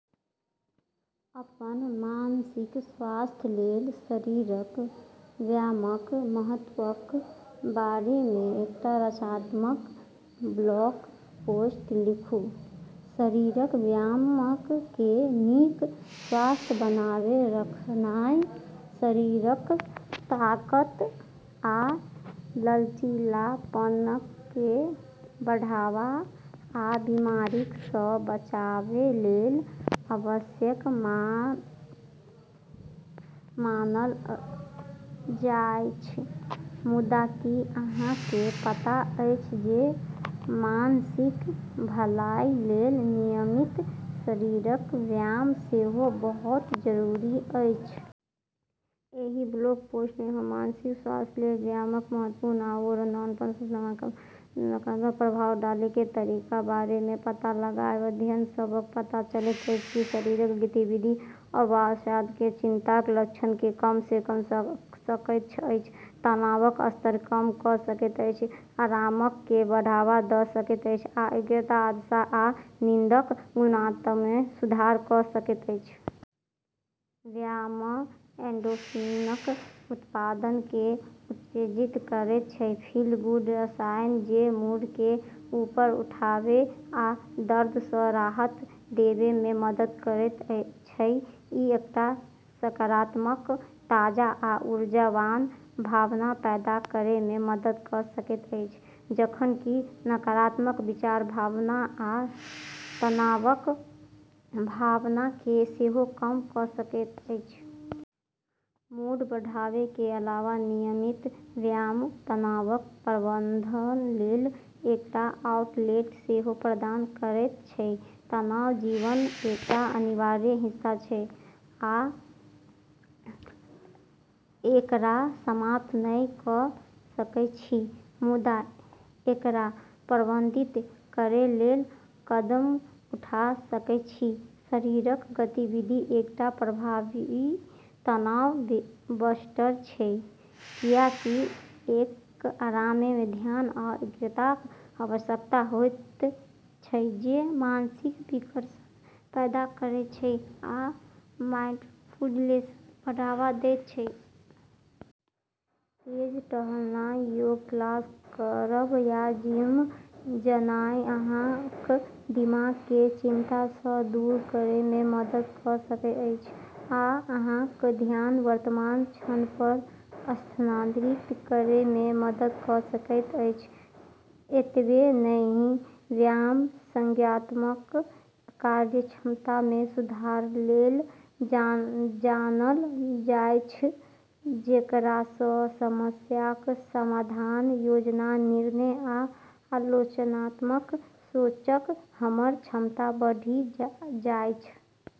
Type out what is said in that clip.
अपन मानसिक स्वास्थ्यलेल शारीरिक व्यायामक महत्वक बारेमे एकटा रचनात्मक ब्लॉग पोस्ट लिखू। शारीरिक व्यायामकेँ नीक स्वास्थ्य बनाए रखनाइ, शरीरक ताकत आ लचीलापनकेँ बढ़ावा, आ बीमारीसँ बचावलेल आवश्यक मानल जाइछ। मुदा, की अहाँकेँ पता अछि जे मानसिक भलाईलेल नियमित शारीरिक व्यायाम सेहो बहुत जरूरी अछि? एहि ब्लॉग पोस्टमे हम मानसिक स्वास्थ्यलेल व्यायामक महत्व आओर एकर मनपर सकारात्मक प्रभाव डालैकेँ तरीकाक बारेमे पता लगायब। अध्ययन सभसँ पता चलैत छै कि शारीरिक गतिविधि अवसाद आ चिंताक लक्षणकेँ कम कऽ सकैत अछि, तनावक स्तरकेँ कम कऽ सकैत अछि, आरामकेँ बढ़ावा दऽ सकैत अछि आ एकाग्रता, याददाश्त आ नींदक गुणवत्तामे सुधार कऽ सकैत अछि। व्यायाम एंडोर्फिनक उत्पादनकेँ उत्तेजित करैत छै-'फील-गुड' रसायन जे मूडकेँ ऊपर उठाबै आ दर्दसँ राहत देबैमे मदद करैत छै। ई एकटा सकारात्मक, ताजा आ ऊर्जावान भावना पैदा करैमे मदद कऽ सकैत अछि, जखन कि नकारात्मक विचार, भावना आ तनावक भावनाकेँ सेहो कम कऽ सकैत अछि। मूड बढ़ाबैकेँ अलावा नियमित व्यायाम तनावक प्रबंधनलेल एकटा आउटलेट सेहो प्रदान करैत छै। तनाव जीवनक एकटा अनिवार्य हिस्सा छै, आ एकरा समाप्त नहि कऽ सकैछी, मुदा एकरा प्रबंधित करैलेल कदम उठा सकैछी। शारीरिक गतिविधि एकटा प्रभावी तनाव बस्टर छै, कियाकि एकरामे ध्यान आ एकाग्रताक आवश्यकता होइत छै, जे मानसिक विकर्षण पैदा करैत छै आ माइंडफुलनेसकेँ बढ़ावा दैत छै। तेज टहलनाइ, योग क्लास करब या जिम जानाइ अहाँक दिमागकेँ चिंतासँ दूर करैमे मदद कऽ सकैत अछि आ अहाँक ध्यान वर्तमान क्षणपर स्थानांतरित करैमे मदद कऽ सकैत अछि। एतबे नहि, व्यायाम संज्ञानात्मक कार्यक्षमतामे सुधारलेल जानल जाइछ, जेकरासँ समस्याक समाधान, योजना, निर्णय, आ आलोचनात्मक सोचक हमर क्षमता बढ़ि जाइछ।